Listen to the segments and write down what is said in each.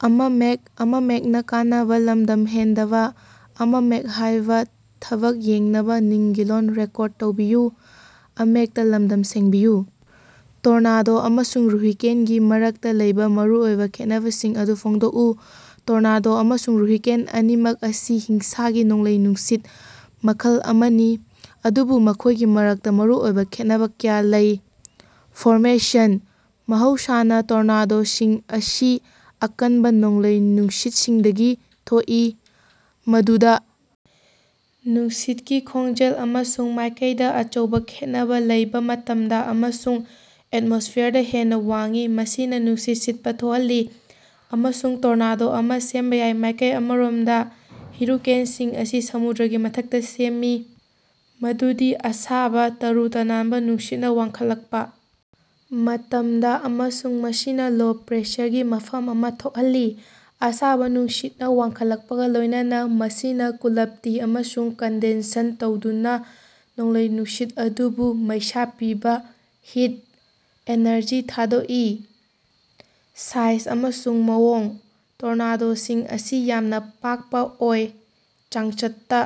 Tornado ꯑꯃꯁꯨꯡ ꯍꯨꯔꯤꯀꯦꯟꯒꯤ ꯃꯔꯛꯇ ꯂꯩꯕ ꯃꯔꯨꯑꯣꯏꯕ ꯈꯦꯠꯅꯕꯁꯤꯡ ꯑꯗꯨ ꯐꯣꯡꯗꯣꯛꯎ꯫ ꯇꯣꯔꯅꯥꯗꯣ ꯑꯃꯁꯨꯡ ꯍꯨꯔꯤꯀꯦꯟ ꯑꯅꯤꯃꯛ ꯑꯁꯤ ꯍꯤꯡꯁꯥꯒꯤ ꯅꯣꯡꯂꯩ-ꯅꯨꯡꯁꯤꯠ ꯃꯈꯜ ꯑꯃꯅꯤ꯫ ꯑꯗꯨꯕꯨ ꯃꯈꯣꯏꯒꯤ ꯃꯔꯛꯇ ꯃꯔꯨꯑꯣꯏꯕ ꯈꯦꯠꯅꯕ ꯀꯌꯥ ꯂꯩ꯫ ꯐꯣꯔꯃꯦꯁꯟ: ꯃꯍꯧꯁꯥꯅ ꯇꯣꯔꯅꯥꯗꯣꯁꯤꯡ ꯑꯁꯤ ꯑꯀꯟꯕ ꯅꯣꯡꯂꯩ-ꯅꯨꯡꯁꯤꯠꯁꯤꯡꯗꯒꯤ ꯊꯣꯛꯏ꯫ ꯃꯗꯨꯗ ꯅꯨꯡꯁꯤꯠꯀꯤ ꯈꯣꯡꯖꯦꯜ ꯑꯃꯁꯨꯡ ꯃꯥꯢꯀꯩꯗ ꯑꯆꯧꯕ ꯈꯦꯠꯅꯕ ꯂꯩꯕ ꯃꯇꯝꯗ ꯑꯃꯁꯨꯡ ꯑꯦꯇꯃꯣꯁ꯭ꯐꯤꯌꯔꯗ ꯍꯦꯟꯅ ꯋꯥꯡꯏ꯫ ꯃꯁꯤꯅ ꯅꯨꯡꯁꯤꯠ ꯁꯤꯠꯄ ꯊꯣꯛꯍꯜꯂꯤ꯫ ꯑꯃꯁꯨꯡ ꯇꯣꯔꯅꯥꯗꯣ ꯑꯃ ꯁꯦꯝꯕ ꯌꯥꯏ꯫ ꯃꯥꯏꯀꯩ ꯑꯃꯔꯣꯝꯗ, ꯍꯨꯔꯤꯀꯦꯟꯁꯤꯡ ꯑꯁꯤ ꯁꯃꯨꯗ꯭ꯔꯒꯤ ꯃꯊꯛꯇ ꯁꯦꯝꯃꯤ꯫ ꯃꯗꯨꯗꯤ ꯑꯁꯥꯕ ꯇꯔꯨ-ꯇꯅꯥꯟꯕ ꯅꯨꯡꯁꯤꯠꯅ ꯋꯥꯡꯈꯠꯂꯛꯄ ꯃꯇꯝꯗ ꯑꯃꯁꯨꯡ ꯃꯁꯤꯅ ꯂꯣ ꯄ꯭ꯔꯦꯁꯔꯒꯤ ꯃꯐꯝ ꯑꯃ ꯊꯣꯛꯍꯜꯂꯤ꯫ ꯑꯁꯥꯕ ꯅꯨꯡꯁꯤꯠꯅ ꯋꯥꯡꯈꯠꯂꯛꯄꯒ ꯂꯣꯏꯅꯅ ꯃꯁꯤꯅ ꯀꯨꯂꯕꯇꯤ ꯑꯃꯁꯨꯡ ꯀꯟꯗꯦꯟꯁꯟ ꯇꯧꯗꯨꯅ ꯅꯣꯡꯂꯩ-ꯅꯨꯡꯁꯤꯠ ꯑꯗꯨꯕꯨ ꯃꯩꯁꯥ ꯄꯤꯕ ꯍꯤꯠ ꯑꯦꯅꯔꯖꯤ ꯊꯥꯗꯣꯛꯏ꯫ ꯁꯥꯏꯖ ꯑꯃꯁꯨꯡ ꯃꯑꯣꯡ: ꯇꯣꯔꯅꯥꯗꯣꯁꯤꯡ ꯑꯁꯤ ꯌꯥꯝꯅ ꯄꯤꯛꯄ ꯑꯣꯏ꯫ ꯆꯥꯡꯆꯠꯇ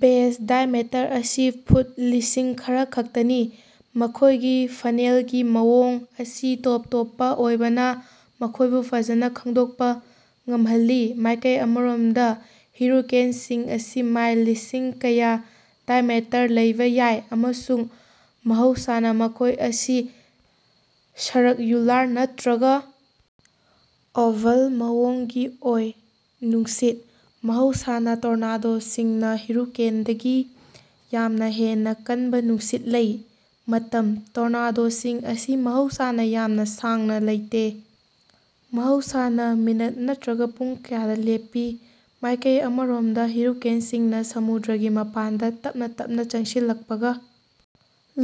ꯕꯦꯖ ꯗꯥꯏꯑꯦꯃꯤꯇꯔ ꯑꯁꯤ ꯐꯨꯠ ꯂꯤꯁꯤꯡ ꯈꯔꯈꯛꯇꯅꯤ꯫ ꯃꯈꯣꯏꯒꯤ ꯐꯅꯦꯜꯒꯤ ꯃꯑꯣꯡ ꯑꯁꯤ ꯇꯣꯞ ꯇꯣꯞꯄ ꯑꯣꯏꯕꯅ ꯃꯈꯣꯏꯕꯨ ꯐꯖꯅ ꯈꯪꯗꯣꯛꯄ ꯉꯝꯍꯜꯂꯤ꯫ ꯃꯥꯏꯀꯩ ꯑꯃꯔꯣꯝꯗ, ꯍꯨꯔꯤꯀꯦꯟꯁꯤꯡ ꯑꯁꯤ ꯃꯥꯏꯜ ꯂꯤꯁꯤꯡ ꯀꯌꯥꯒꯤ ꯗꯥꯏꯑꯦꯃꯤꯇꯔ ꯂꯩꯕ ꯌꯥꯏ꯫ ꯑꯃꯁꯨꯡ ꯃꯍꯧꯁꯥꯅ ꯃꯈꯣꯢ ꯑꯁꯤ ꯁꯔꯛꯌꯨꯂꯥꯔ ꯅꯠꯇ꯭ꯔꯒ ꯑꯣꯚꯜ ꯃꯑꯣꯡꯒꯤ ꯑꯣꯏ꯫ ꯅꯨꯡꯁꯤꯠ: ꯃꯍꯧꯁꯥꯅ ꯇꯣꯔꯅꯥꯗꯣꯁꯤꯡꯅ ꯍꯨꯔꯤꯀꯦꯟꯗꯒꯤ ꯌꯥꯝꯅ ꯍꯦꯟꯅ ꯀꯟꯕ ꯅꯨꯡꯁꯤꯠ ꯂꯩ꯫ ꯃꯇꯝ: ꯇꯣꯔꯅꯥꯗꯣꯁꯤꯡ ꯑꯁꯤ ꯃꯍꯧꯁꯥꯅ ꯌꯥꯝꯅ ꯁꯥꯡꯅ ꯂꯩꯇꯦ꯫ ꯃꯍꯧꯁꯥꯅ ꯃꯤꯅꯠ ꯅꯠꯇ꯭ꯔꯒ ꯄꯨꯡ ꯀꯌꯥꯗ ꯂꯦꯞꯄꯤ꯫ ꯃꯥꯏꯀꯩ ꯑꯃꯔꯣꯝꯗ, ꯍꯨꯔꯤꯀꯦꯟꯁꯤꯡꯅ ꯁꯃꯨꯗ꯭ꯔꯒꯤ ꯃꯄꯥꯟꯗ ꯇꯞꯅ ꯇꯞꯅ ꯆꯪꯁꯤꯜꯂꯛꯄꯒ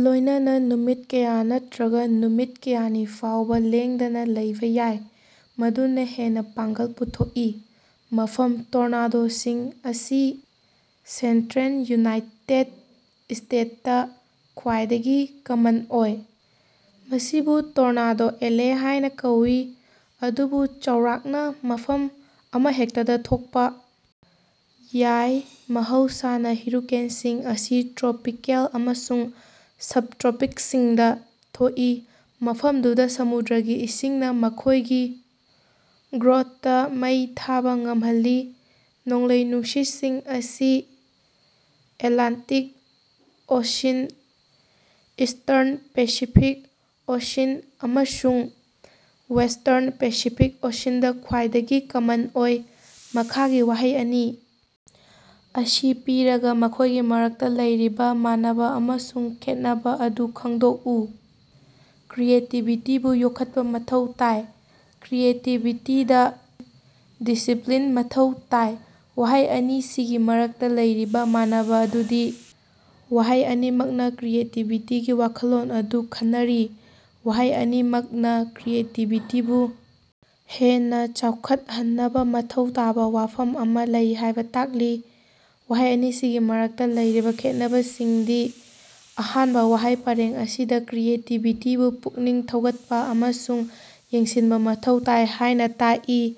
ꯂꯣꯏꯅꯅ ꯅꯨꯃꯤꯠ ꯀꯌꯥ ꯅꯠꯇ꯭ꯔꯒ ꯅꯨꯃꯤꯠ ꯀꯌꯥꯅꯤ ꯐꯥꯎꯕ ꯂꯦꯡꯗꯅ ꯂꯩꯕꯥ ꯌꯥꯏ꯫ ꯃꯗꯨꯅ ꯍꯦꯟꯅ ꯄꯥꯡꯒꯜ ꯄꯨꯊꯣꯛꯏ꯫ ꯃꯐꯝ: ꯇꯣꯔꯅꯥꯗꯣꯁꯤꯡ ꯑꯁꯤ ꯁꯦꯟꯇꯔꯦꯜ ꯌꯨꯅꯥꯏꯇꯦꯗ ꯁ꯭ꯇꯦꯇꯁꯇꯥ ꯈ꯭ꯋꯥꯏꯗꯒꯤ ꯀꯃꯟ ꯑꯣꯏ꯫ ꯃꯁꯤꯕꯨ "ꯇꯣꯔꯅꯥꯗꯣ ꯑꯦꯂꯦ" ꯍꯥꯏꯅ ꯀꯧꯏ꯫ ꯑꯗꯨꯕꯨ ꯆꯥꯎꯔꯥꯛꯅ ꯃꯐꯝ ꯑꯃꯍꯦꯛꯇꯗ ꯊꯣꯛꯄ ꯌꯥꯏ꯫ ꯃꯍꯧꯁꯥꯅ ꯍꯨꯔꯤꯀꯦꯟꯁꯤꯡ ꯑꯁꯤ ꯇ꯭ꯔꯣꯄꯤꯀꯦꯜ ꯑꯃꯁꯨꯡ ꯁꯕ-ꯇ꯭ꯔꯣꯄꯤꯛꯁꯤꯡꯗ ꯊꯣꯛꯏ꯫ ꯃꯐꯝꯗꯨꯗ ꯁꯃꯨꯗ꯭ꯔꯒꯤ ꯏꯁꯤꯡꯅ ꯃꯈꯣꯏꯒꯤ ꯒ꯭ꯔꯣꯊꯇꯥ ꯃꯩ ꯊꯥꯕꯥ ꯉꯝꯍꯜꯂꯤ꯫ ꯅꯣꯡꯂꯩ-ꯅꯨꯡꯁꯤꯠꯁꯤꯡ ꯑꯁꯤ Atlantic Ocean, eastern Pacific Ocean ꯑꯃꯁꯨꯡ ꯋꯦꯁ꯭ꯇꯔꯟ ꯄꯦꯁꯤꯐꯤꯛ ꯑꯣꯁꯤꯟꯗ ꯈ꯭ꯋꯥꯏꯗꯒꯤ ꯀꯃꯟ ꯑꯣꯏ꯫ ꯃꯈꯥꯒꯤ ꯋꯥꯍꯩ ꯑꯅꯤ ꯑꯁꯤ ꯄꯤꯔꯒ ꯃꯈꯣꯏꯒꯤ ꯃꯔꯛꯇ ꯂꯩꯔꯤꯕ ꯃꯥꯟꯅꯕ ꯑꯃꯁꯨꯡ ꯈꯦꯠꯅꯕ ꯑꯗꯨ ꯈꯪꯗꯣꯛꯎ꯫ ꯀ꯭ꯔꯤꯌꯦꯇꯤꯕꯤꯇꯤꯕꯨ ꯌꯣꯛꯈꯠꯄ ꯃꯊꯧ ꯇꯥꯏ꯫ ꯀ꯭ꯔꯤꯌꯦꯇꯤꯕꯤꯇꯤꯗ ꯗꯤꯁꯤꯞꯂꯤꯟ ꯃꯊꯧ ꯇꯥꯏ꯫ ꯋꯥꯍꯩ ꯑꯅꯤꯁꯤꯒꯤ ꯃꯔꯛꯇ ꯂꯩꯔꯤꯕ ꯃꯥꯟꯅꯕ ꯑꯗꯨꯗꯤ: ꯋꯥꯍꯩ ꯑꯅꯤꯃꯛꯅ ꯀ꯭ꯔꯤꯌꯦꯇꯤꯕꯤꯇꯤꯒꯤ ꯋꯥꯈꯜꯂꯣꯟ ꯑꯗꯨ ꯈꯟꯅꯔꯤ꯫ ꯋꯥꯍꯩ ꯑꯅꯤꯃꯛꯅ ꯀ꯭ꯔꯤꯌꯦꯇꯤꯕꯤꯇꯤꯕꯨ ꯍꯦꯟꯅ ꯆꯥꯎꯈꯠꯍꯟꯅꯕ ꯃꯊꯧ ꯇꯥꯕ ꯋꯥꯐꯝ ꯑꯃ ꯂꯩ ꯍꯥꯏꯕ ꯇꯥꯛꯂꯤ꯫ ꯋꯥꯍꯩ ꯑꯅꯤꯁꯤꯒꯤ ꯃꯔꯛꯇ ꯂꯩꯔꯤꯕ ꯈꯦꯠꯅꯕꯁꯤꯡꯗꯤ: ꯑꯍꯥꯟꯕ ꯋꯥꯍꯩ ꯄꯔꯦꯡ ꯑꯁꯤꯅ ꯀ꯭ꯔꯤꯌꯦꯇꯤꯕꯤꯇꯤꯕꯨ ꯄꯨꯛꯅꯤꯡ ꯊꯧꯒꯠꯄ ꯑꯃꯁꯨꯡ ꯌꯦꯡꯁꯤꯟꯕ ꯃꯊꯧ ꯇꯥꯏ꯫ ꯍꯥꯏꯅ ꯇꯥꯛꯏ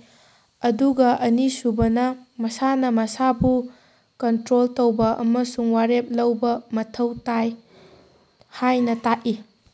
ꯑꯗꯨꯒ ꯑꯅꯤꯁꯨꯕꯅ ꯃꯁꯥꯅ ꯃꯁꯥꯕꯨ ꯀꯟꯇ꯭ꯔꯣꯜ ꯇꯧꯕ ꯑꯃꯁꯨꯡ ꯋꯥꯔꯦꯞ ꯂꯧꯕ ꯃꯊꯧ ꯇꯥꯏ ꯍꯥꯏꯅꯥ ꯇꯥꯛꯏ꯫